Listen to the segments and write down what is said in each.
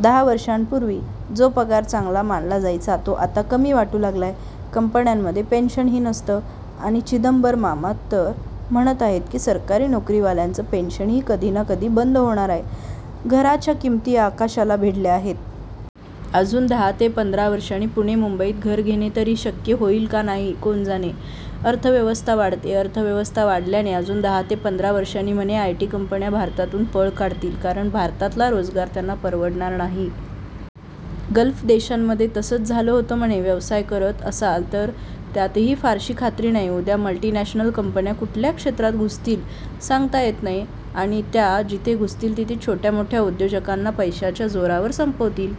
दहा वर्षापूर्वी जो पगार चांगला मानला जायचा तो आता कमी वाटू लागलाय. कंपन्यांमध्ये पेन्शनही नसतं. आणि चिदंबरमबाबा तर म्हणत आहेत की सरकारी नोकरीवाल्यांचं पेन्शनही कधी ना कधी बंद होणार आहे. घराच्या किमती आकाशाला भिडल्या आहेत. अजून दहा ते पंधरा वर्षांनी पुणे मुंबईत घर घेणे तरी शक्य होईल का नाही कोण जाणे. अर्थव्यवस्था वाढतेय. अर्थव्यवस्था वाढल्याने अजून दहा ते पंधरा वर्षांनी म्हणे आयटी कंपन्या भारतातून पळ काढतील कारण भारतातला रोजगार त्यांना परवडणार नाही. गल्फ देशांमध्ये तसंच झालं होतं म्हणे. व्यवसाय करत असाल तर त्यातही फारशी खात्री नाही. उद्या मल्टीनॅशनल कंपन्या कुठल्या क्षेत्रात घुसतील सांगता येत नाही. आणि त्या जिथे घुसतील तिथे छोट्या मोठ्या उद्योजकांना पैशाच्या जोरावर संपवतील.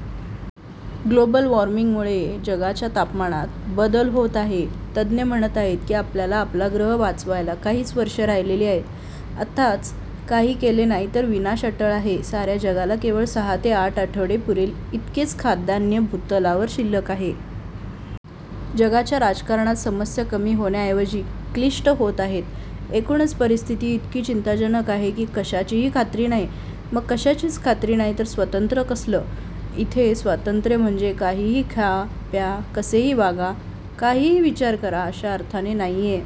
ग्लोबल वॉर्मिंगमुळे जगाच्या तापमानात बदल होत आहे. तज्ञ म्हणत आहेत की आपल्याला आपला ग्रह वाचवायला काहीच वर्षे राहिलेली आहेत. आत्ताच काही केले नाही तर विनाश अटळ आहे. साऱ्या जगाला केवळ सहा ते आठ आठवडे पुरेल इतकेच खाद्यान्न भूतलावर शिल्लक आहे. जगाच्या राजकारणात समस्या कमी होण्याऐवजी क्लिष्ट होत आहेत. एकूणच परिस्थिती इतकी चिंताजनक आहे की कशाचीही खात्री नाही. मग कशाचीच खात्री नाही तर स्वातंत्र्य कसलं? इथे स्वातंत्र्य म्हणजे काहीही खा प्या, कसेही वागा, काहीही विचार करा अशा अर्थाने नाहीये.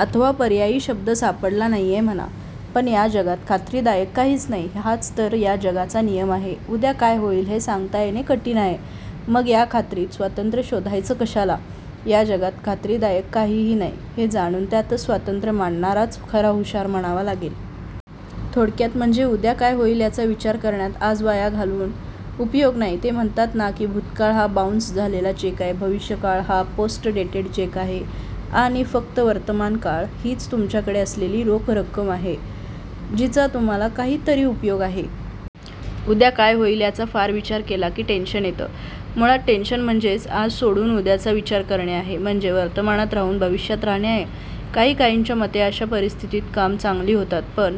अथवा पर्यायी शब्द सापडला नाहीये म्हणा. पण या जगात खात्रीदायक काहीच नाही हाच तर या जगाचा नियम आहे. उद्या काय होईल हे सांगता येणे कठीण आहे. मग या खात्रीत स्वातंत्र्य शोधायचं कशाला? या जगात खात्रीदायक काहीही नाही, हे जाणून त्यातच स्वातंत्र्य मानणाराच खरा हुशार म्हणावा लागेल. थोडक्यात म्हणजे उद्या काय होईल याचा विचार करण्यात आज वाया घालवून उपयोग नाही. ते म्हणतात ना की 'भूतकाळ हा बाउंस झालेला चेक आहे, भविष्यकाळ हा पोस्टडेटेड चेक आहे आणि फक्त वर्तमानकाळ हीच तुमच्याकडे असलेली रोख रक्कम आहे जिचा तुम्हाला काहीतरी उपयोग आहे'. उद्या काय होईल याचा फार विचार केला की टेन्शन येतं. मुळात टेन्शन म्हणजेच आज सोडून उद्याचा विचार करणे आहे. म्हणजे वर्तमानात राहून भविष्यात राहणे आहे. काहीकाहींच्या मते अशा परिस्थितीत कामं चांगली होतात पण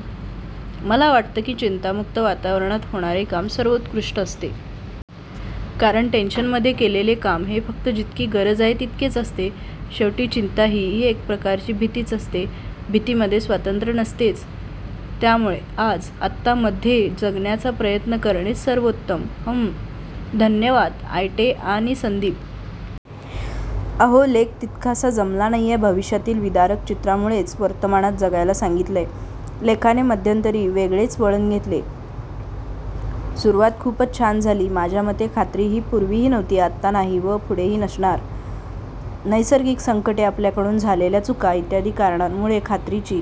मला वाटतं की चिंतामुक्त वातावरणात होणारे काम सर्वोत्कृष्ट असते. कारण टेन्शनमध्ये केलेले काम हे फक्त जितकी गरज आहे तितकेच असते. शेवटी चिंता हीही एक प्रकारची भीतीच असते. भीतीमध्ये स्वातंत्र्य नसतेच. त्यामुळे आज, आत्ता मध्ये जगण्याचा प्रयत्न करणेच सर्वोत्तम. हम्म धन्यवाद आयटे आणि संदीप. अहो लेख तितकासा जमला नाहीये भविष्यातील विदारक चित्रामुळेच वर्तमानात जगायला सांगितलंय. लेखाने मध्यंतरी वेगळेच वळण घेतले. सुरुवात खूपच छान झाली. माझ्या मते खात्री ही पूर्वीही नव्हती आताही नाही व पुढेही नसणार. नैसर्गिक संकटे, आपल्याकडून झालेल्या चुका इ. कारणांमुळे खात्रीची